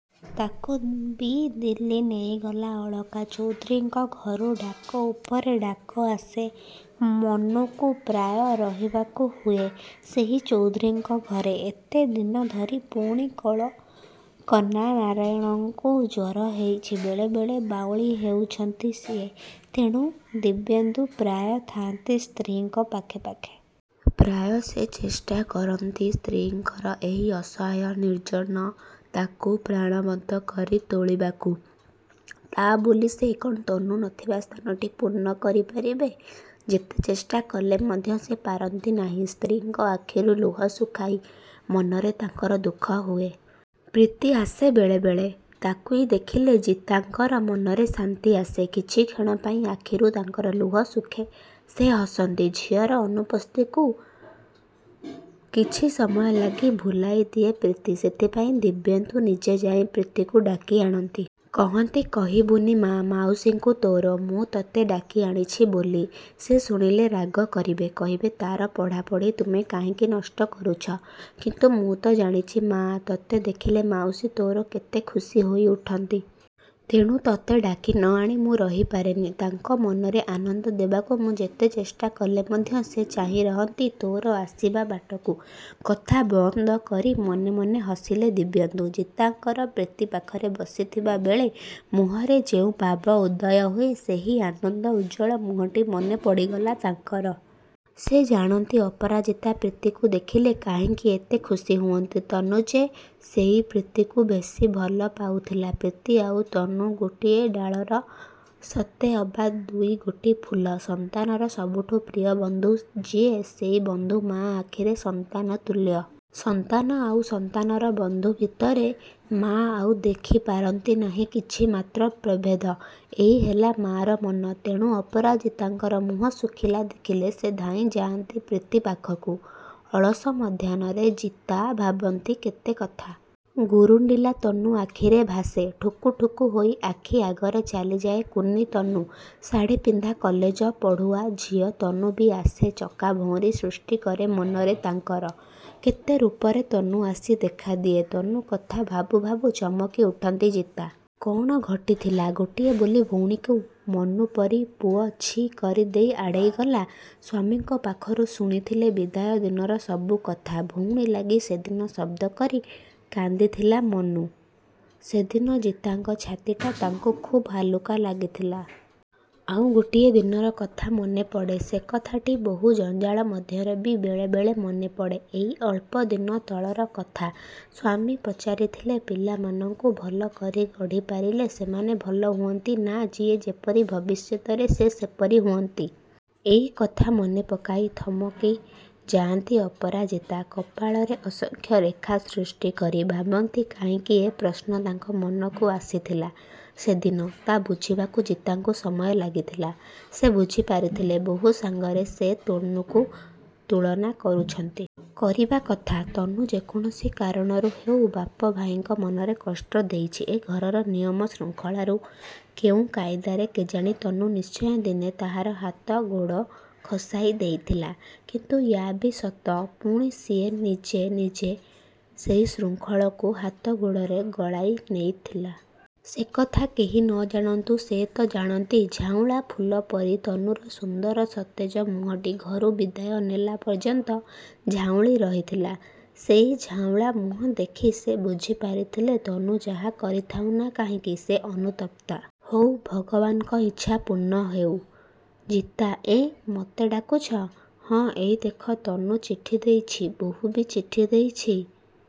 ତାକୁ ବି ଦିଲ୍ଲୀ ନେଇଗଲା ଅଳକା। ଚୌଧୁରୀଙ୍କ ଘରୁ ଡାକ ଉପରେ ଡାକ ଆସେ। ମନୁକୁ ପ୍ରାୟ ରହିବାକୁ ହୁଏ ସେହି ଚୌଧୁରୀଙ୍କ ଘରେ। ଏତେଦିନ ଧରି ପୁଣି କଳକନାରାୟଣଙ୍କୁ ଜ୍ୱର ହେଉଛି। ବେଳେ ବେଳେ ବାଉଳି ହେଉଛନ୍ତି ସିଏ। ତେଣୁ, ଦିବ୍ୟେନ୍ଦୁ ପ୍ରାୟ ଥାଆନ୍ତି ସ୍ତ୍ରୀଙ୍କ ପାଖେ ପାଖେ। ପ୍ରାୟ ସେ ଚେଷ୍ଟା କରନ୍ତି ସ୍ତ୍ରୀଙ୍କର ଏହି ଅସହାୟ ନିର୍ଜନତାକୁ ପ୍ରାଣବନ୍ତ କରି ତୋଳିବାକୁ। ତା' ବୋଲି ସେ କ'ଣ ତନୁ ନଥିବା ସ୍ଥାନଟି ପୂର୍ଣ୍ଣ କରି ପାରିବେ। ଯେତେ ଚେଷ୍ଟା କଲେ ମଧ୍ୟ ସେ ପାରନ୍ତି ନାହିଁ ସ୍ତ୍ରୀଙ୍କ ଆଖିରୁ ଲୁହ ଶୁଖାଇ। ମନରେ ତାଙ୍କର ଦୁଃଖ ହୁଏ। ପ୍ରୀତି ଆସେ ବେଳେ ବେଳେ। ତାକୁଇ ଦେଖିଲେ ଜିତାଙ୍କର ମନରେ ଶାନ୍ତି ଆସେ। କିଛି କ୍ଷଣ ପାଇଁ ଆଖିରୁ ତାଙ୍କର ଲୁହ ଶୁଖେ। ସେ ହସନ୍ତି। ଝିଅର ଅନୁପସ୍ଥିକୁ କିଛି ସମୟ ଲାଗି ଭୁଲାଇ ଦିଏ ପ୍ରୀତି। ସେଥିପାଇଁ ଦିବ୍ୟେନ୍ଦୁ ନିଜେ ଯାଇ ପ୍ରୀତିକୁ ଡାକି ଆଣନ୍ତି। କହନ୍ତି କହିବୁନି ମାଆ ମାଉସୀଙ୍କୁ ତୋର, ମୁଁ ତତେ ଡାକି ଆଣିଛି ବୋଲି। ସେ ଶୁଣିଲେ ରାଗ କରିବେ। କହିବେ ତା'ର ପଢ଼ା ପଢ଼ି ତୁମେ କାହିଁକି ନଷ୍ଟ କରୁଛ। କିନ୍ତୁ ମୁଁ ତ ଜାଣିଛି ମାଆ, ତତେ ଦେଖିଲେ ମାଉସୀ ତୋର କେତେ ଖୁସି ହୋଇ ଉଠନ୍ତି। ତେଣୁ ତତେ ଡାକି ନ ଆଣି ମୁଁ ରହି ପାରେନି। ତାଙ୍କ ମନରେ ଆନନ୍ଦ ଦେବାକୁ ମୁଁ ଯେତେ ଚେଷ୍ଟା କଲେ ମଧ୍ୟ ସେ ଚାହିଁ ରହନ୍ତି ତୋର ଆସିବା ବାଟକୁ। କଥା ବନ୍ଦ କରି ମନେ ମନେ ହସିଲେ ଦିବ୍ୟେନ୍ଦୁ। ଜିତାଙ୍କର ପ୍ରୀତି ପାଖରେ ବସିଥିବା ବେଳେ ମୁହଁରେ ଯେଉଁ ଭାବ ଉଦୟ ହୁଏ ସେହି ଆନନ୍ଦ ଉଜ୍ଜ୍ୱଳ ମୁହଁଟି ମନେ ପଡ଼ିଗଲା ତାଙ୍କର। ସେ ଜାଣନ୍ତି ଅପରାଜିତା ପ୍ରୀତିକୁ ଦେଖିଲେ କାହିଁକି ଏତେ ଖୁସି ହୁଅନ୍ତି। ତନୁ ଯେ ସେଇ ପ୍ରୀତିକୁ ବେଶୀ ଭଲ ପାଉଥିଲା। ପ୍ରୀତି ଆଉ ତନୁ, ଗୋଟିଏ ଡାଳର ସତେଅବା ଦୁଇଗୋଟି ଫୁଲ। ସନ୍ତାନର ସବୁଠୁ ପ୍ରିୟ ବନ୍ଧୁ ଯିଏ ସେଇ ବନ୍ଧୁ ମାଆ ଆଖିରେ ସନ୍ତାନ ତୁଲ୍ୟ। ସନ୍ତାନ ଆଉ ସନ୍ତାନର ବନ୍ଧୁ ଭିତରେ ମାଆ ଆଉ ଦେଖି ପାରନ୍ତି ନାହିଁ କିଛି ମାତ୍ର ପ୍ରଭେଦ। ଏଇ ହେଲା ମାଆର ମନ। ତେଣୁ ଅପରାଜିତାଙ୍କର ମୁହଁ ଶୁଖିଲା ଦେଖିଲେ ସେ ଧାଇଁ ଯାଆନ୍ତି ପ୍ରୀତି ପାଖକୁ। ଅଳସ ମଧ୍ୟାହ୍ନରେ ଜିତା ଭାବନ୍ତି କେତେ କଥା। ଗୁରୁଣ୍ଡିଲା ତନୁ ଆଖିରେ ଭାସେ। ଠୁକୁ ଠୁକୁ ହୋଇ ଆଖି ଆଗରେ ଚାଲିଯାଏ କୁନି ତନୁ। ଶାଢ଼ି ପିନ୍ଧା କଲେଜ ପଢ଼ୁଆ ଝିଅ ତନୁ ବି ଆସି ଚକାଭଉଁରୀ ସୃଷ୍ଟି କରେ ମନରେ ତାଙ୍କର। କେତେ ରୂପରେ ତନୁ ଆସି ଦେଖାଦିଏ। ତନୁ କଥା ଭାବୁ ଭାବୁ ଚମକି ଉଠନ୍ତି ଜିତା। କ'ଣ ଘଟିଥିଲା! ଗୋଟିଏ ବୋଲି ଭଉଣୀକୁ ମନୁ ପରି ପୁଅ ଛି କରିଦେଇ ଆଡ଼େଇ ଗଲା। ସ୍ୱାମୀଙ୍କ ପାଖରୁ ଶୁଣିଥିଲେ ବିଦାୟ ଦିନର ସବୁ କଥା। ଭଉଣୀ ଲାଗି ସେଦିନ ଶବ୍ଦ କରି କାନ୍ଦିଥିଲା ମନୁ। ସେଦିନ ଜିତାଙ୍କ ଛାତିଟା ତାଙ୍କୁ ଖୁବ୍ ହାଲୁକା ଲାଗିଥିଲା। ଆଉ ଗୋଟିଏ ଦିନର କଥା ମନେ ପଡ଼େ। ସେକଥାଟି ବହୁ ଜଞ୍ଜାଳ ମଧ୍ୟରେ ବି ବେଳେ ବେଳେ ମନେ ପଡ଼େ। ଏଇ ଅଳ୍ପ ଦିନ ତଳର କଥା। ସ୍ୱାମୀ ପଚାରିଥିଲେ ପିଲାମାନଙ୍କୁ ଭଲ କରି ଗଢ଼ି ପାରିଲେ ସେମାନେ ଭଲ ହୁଅନ୍ତି ନା ଯିଏ ଯେପରି ଭବିଷ୍ୟତରେ ସେ ସେପରି ହୁଅନ୍ତି? ଏଇ କଥା ମନେ ପକାଇ ଥମକି ଯାଆନ୍ତି ଅପରାଜିତା। କପାଳରେ ଅସଂଖ୍ୟ ରେଖା ସୃଷ୍ଟି କରି। ଭାବନ୍ତି କାହିଁକି ଏ ପ୍ରଶ୍ନ ତାଙ୍କ ମନକୁ ଆସିଥିଲା ସେଦିନ। ତା' ବୁଝିବାକୁ ଜିତାଙ୍କୁ ସମୟ ଲାଗିଥିଲା। ସେ ବୁଝି ପାରିଥିଲେ ବୋହୂ ସାଙ୍ଗରେ ସେ ତୁନୁକୁ ତୁଳନା କରୁଛନ୍ତି। କରିବା କଥା। ତନୁ ଯେକୌଣସି କାରଣରୁ ହେଉ ବାପ ଭାଇଙ୍କ ମନରେ କଷ୍ଟ ଦେଇଛି। ଏ ଘରର ନିୟମ ଶୃଙ୍ଖଳାରୁ କେଉଁ କାଇଦାରେ କେଜାଣି ତନୁ ନିଶ୍ଚୟ ଦିନେ ତାହାର ହାତ ଗୋଡ଼ ଖସାଇ ଦେଇଥିଲା। କିନ୍ତୁ ୟା ବି ସତ ପୁଣି ସିଏ ନିଜେ ନିଜେ ସେଇ ଶୃଙ୍ଖଳକୁ ହାତ ଗୋଡ଼ରେ ଗଳାଇ ନେଇଥିଲା। ସେକଥା କେହି ନ ଜାଣନ୍ତୁ ସେ ତ ଜାଣନ୍ତି। ଝାଉଁଳା ଫୁଲ ପରି ତନୁର ସୁନ୍ଦର ସତେଜ ମୁହଁଟି ଘରୁ ବିଦାୟ ନେଲା ପର୍ଯ୍ୟନ୍ତ ଝାଉଁଳି ରହିଥିଲା। ସେଇ ଝାଉଁଳା ମୁହଁ ଦେଖି ସେ ବୁଝି ପାରିଥିଲେ ତନୁ ଯାହା କରିଥାଉ ନା କାହିଁକି, ସେ ଅନୁତପ୍ତା। ହଉ ଭଗବାନଙ୍କ ଇଚ୍ଛା ପୂର୍ଣ୍ଣ ହେଉ। ଜିତା, ଏଁ, ମତେ ଡାକୁଛ? ହଁ, ଏଇ ଦେଖ ତନୁ ଚିଠି ଦେଇଛି, ବୋହୂ ବି ଚିଠି ଦେଇଛି!